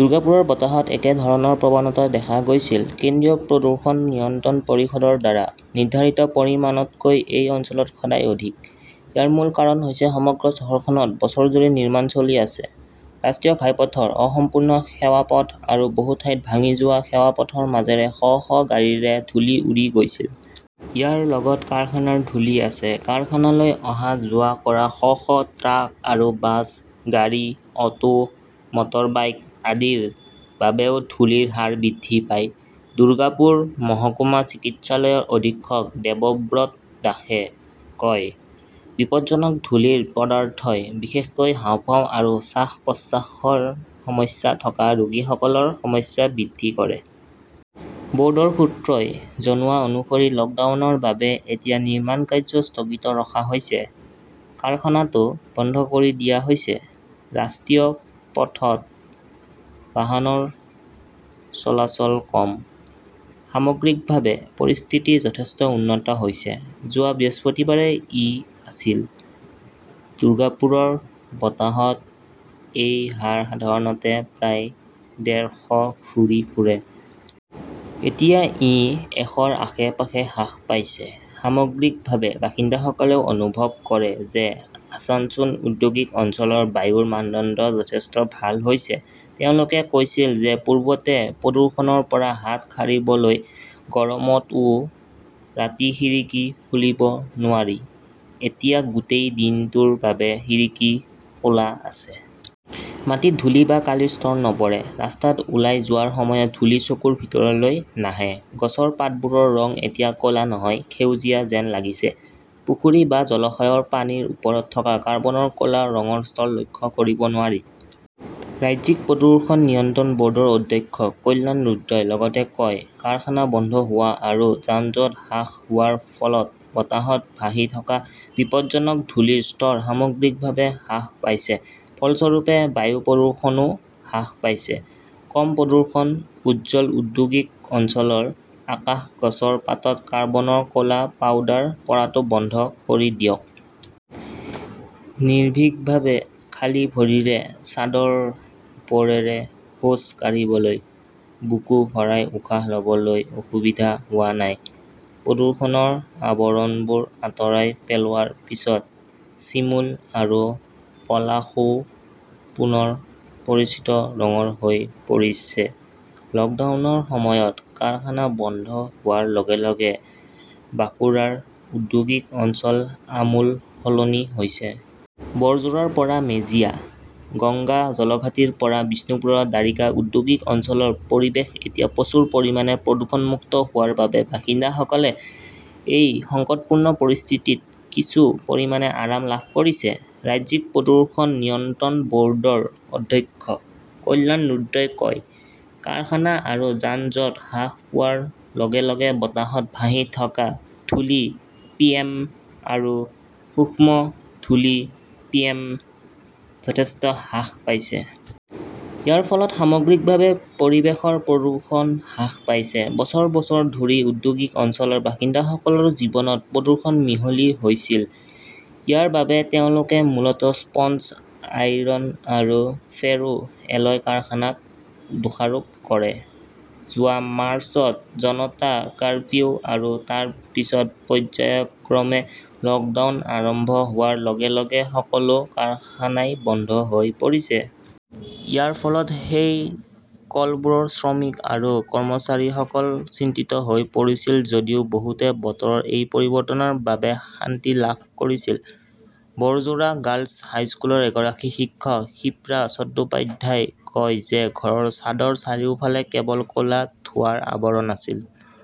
দুৰ্গাপুৰৰ বতাহত একে ধৰণৰ প্ৰৱণতা দেখা গৈছিল। কেন্দ্ৰীয় প্ৰদূষণ নিয়ন্ত্ৰণ পৰিষদৰ দ্বাৰা নিৰ্ধাৰিত পৰিমাণতকৈ এই অঞ্চলত সদায় অধিক, ইয়াৰ মূল কাৰণ হৈছে সমগ্ৰ চহৰখনত বছৰজুৰি নিৰ্মাণ চলি আছে। ৰাষ্ট্ৰীয় ঘাইপথৰ 'অসম্পূৰ্ণ' সেৱা পথ আৰু বহু ঠাইত ভাঙি যোৱা সেৱা পথৰ মাজেৰে শ শ গাড়ীৰে ধূলি উৰি গৈছিল। ইয়াৰ লগত কাৰখানাৰ ধূলি আছে। কাৰখানালৈ অহা-যোৱা কৰা শ শ ট্ৰাক আৰু বাছ, গাড়ী, অটো, মটৰবাইক আদিৰ বাবেও ধূলিৰ হাৰ বৃদ্ধি পায়। দুৰ্গাপুৰ মহকুমা চিকিৎসালয়ৰ অধীক্ষক দেবব্ৰত দাসে কয়, বিপদজনক ধূলিৰ পদাৰ্থই বিশেষকৈ হাঁওফাঁও আৰু শ্বাস-প্ৰশ্বাসৰ সমস্যা থকা ৰোগীসকলৰ সমস্যা বৃদ্ধি কৰে। বৰ্ডৰ সূত্ৰই জনোৱা অনুসৰি লকডাউনৰ বাবে এতিয়া নিৰ্মাণ কাৰ্য স্থগিত ৰখা হৈছে। কাৰখানাটো বন্ধ কৰি দিয়া হৈছে। ৰাষ্ট্ৰীয় পথত বাহনৰ চলাচল কম। সামগ্ৰিকভাৱে, পৰিস্থিতি যথেষ্ট উন্নত হৈছে। যোৱা বৃহস্পতিবাৰে ই আছিল। দুৰ্গাপুৰৰ বতাহত এই হাৰ সাধাৰণতে প্ৰায় ডেৰ শ ঘূৰি ফুৰে। এতিয়া ই এশৰ আশে-পাশে হ্ৰাস পাইছে। সামগ্ৰিকভাৱে, বাসিন্দাসকলেও অনুভৱ কৰে যে আছানছোল ঔদ্যোগিক অঞ্চলৰ বায়ুৰ মানদণ্ড যথেষ্ট ভাল হৈছে। তেওঁলোকে কৈছিল যে পূৰ্বতে প্ৰদূষণৰ পৰা হাত সাৰিবলৈ গৰমতও ৰাতি খিৰিকী খুলিব নোৱাৰি। এতিয়া গোটেই দিনটোৰ বাবে খিৰিকী খোলা আছে। মাটিত ধূলি বা কালিৰ স্তৰ নপৰে। ৰাস্তাত ওলাই যোৱাৰ সময়ত ধূলি চকুৰ ভিতৰলৈ নাহে। গছৰ পাতবোৰৰ ৰং এতিয়া ক 'লা নহয়, সেউজীয়া যেন লাগিছে। পুখুৰী বা জলাশয়ৰ পানীৰ ওপৰত থকা কাৰ্বনৰ ক 'লা ৰঙৰ স্তৰ লক্ষ্য কৰিব নোৱাৰি। ৰাজ্যিক প্ৰদূষণ নিয়ন্ত্ৰণ বৰ্ডৰ অধ্যক্ষ কল্যাণ ৰুদ্ৰই লগতে কয়, কাৰখানা বন্ধ হোৱা আৰু যান-জঁট হ্ৰাস হোৱাৰ ফলত বতাহত ভাহি থকা বিপদজনক ধূলিৰ স্তৰ সামগ্ৰিকভাৱে হ্ৰাস পাইছে। ফলস্বৰূপে, বায়ু প্ৰদূষণও হ্ৰাস পাইছে। কম প্ৰদূষণ, উজ্জ্বল ঔদ্যোগিক অঞ্চলৰ আকাশ গছৰ পাতত কৰ্বনৰ ক 'লা পাউডাৰ পৰাটো বন্ধ কৰি দিয়ক। নিৰ্ভীকভাৱে খালী ভৰিৰে ছাদৰ ওপৰেৰে খোজ কাঢ়িবলৈ। বুকু ভৰাই উশাহ লবলৈ অসুবিধা হোৱা নাই। প্ৰদূষণৰ আৱৰণবোৰ আঁতৰাই পেলোৱাৰ পিছত চিমুল আৰু পলাশও পুনৰ পৰিচিত ৰঙৰ হৈ পৰিছে। লকডাউনৰ সময়ত কাৰখানা বন্ধ হোৱাৰ লগে লগে বাঁকুৰাৰ ঔদ্যোগিক অঞ্চল আমূল সলনি হৈছে। বৰজোৰাৰ পৰা মেজিয়া, গংগা জলঘাটিৰ পৰা বিষ্ণুপুৰৰ দ্বাৰিকা ঔদ্যোগিক অঞ্চলৰ পৰিৱেশ এতিয়া প্ৰচুৰ পৰিমাণে প্ৰদূষণমুক্ত হোৱাৰ বাবে বাসিন্দাসকলে এই সংকটপূৰ্ণ পৰিস্থিতিত কিছু পৰিমাণে আৰাম লাভ কৰিছে। ৰাজ্যিক প্ৰদূষণ নিয়ন্ত্ৰণ বৰ্ডৰ অধ্যক্ষ কল্যাণ ৰুদ্ৰই কয়, কাৰখানা আৰু যান-জঁট হ্ৰাস পোৱাৰ লগে লগে বতাহত ভাহি থকা ধূলি পিএম আৰু সূক্ষ্ম ধূলি পিএম যথেষ্ট হ্ৰাস পাইছে। ইয়াৰ ফলত সামগ্ৰিকভাৱে পৰিৱেশৰ প্ৰদূষণ হ্ৰাস পাইছে। বছৰ-বছৰ ধৰি ঔদ্যোগিক অঞ্চলৰ বাসিন্দাসকলৰ জীৱনত প্ৰদূষণ মিহলি হৈছিল। ইয়াৰ বাবে তেওঁলোকে মূলতঃ স্পঞ্জ আইৰণ আৰু ফেৰো এলয় কাৰখানাক দোষাৰোপ কৰে। যোৱা মাৰ্চত জনতা কাৰফিউ আৰু তাৰ পিছত পৰ্য্যায়ক্ৰমে 'লকডাউন আৰম্ভ হোৱাৰ লগে-লগে সকলো কাৰখানাই বন্ধ হৈ পৰিছে। ইয়াৰ ফলত সেই কলবোৰৰ শ্ৰমিক আৰু কৰ্মচাৰীসকল চিন্তিত হৈ পৰিছিল যদিও বহুতে বতৰৰ এই পৰিৱৰ্তনৰ বাবে শান্তি লাভ কৰিছিল। বৰজোৰা গাৰ্লছ হাইস্কুলৰ এগৰাকী শিক্ষক শিপ্ৰা চট্টোপাধ্যায়ই কয় যে ঘৰৰ ছাদৰ চাৰিওফালে কেৱল ক 'লা ধোঁৱাৰ আৱৰণ আছিল।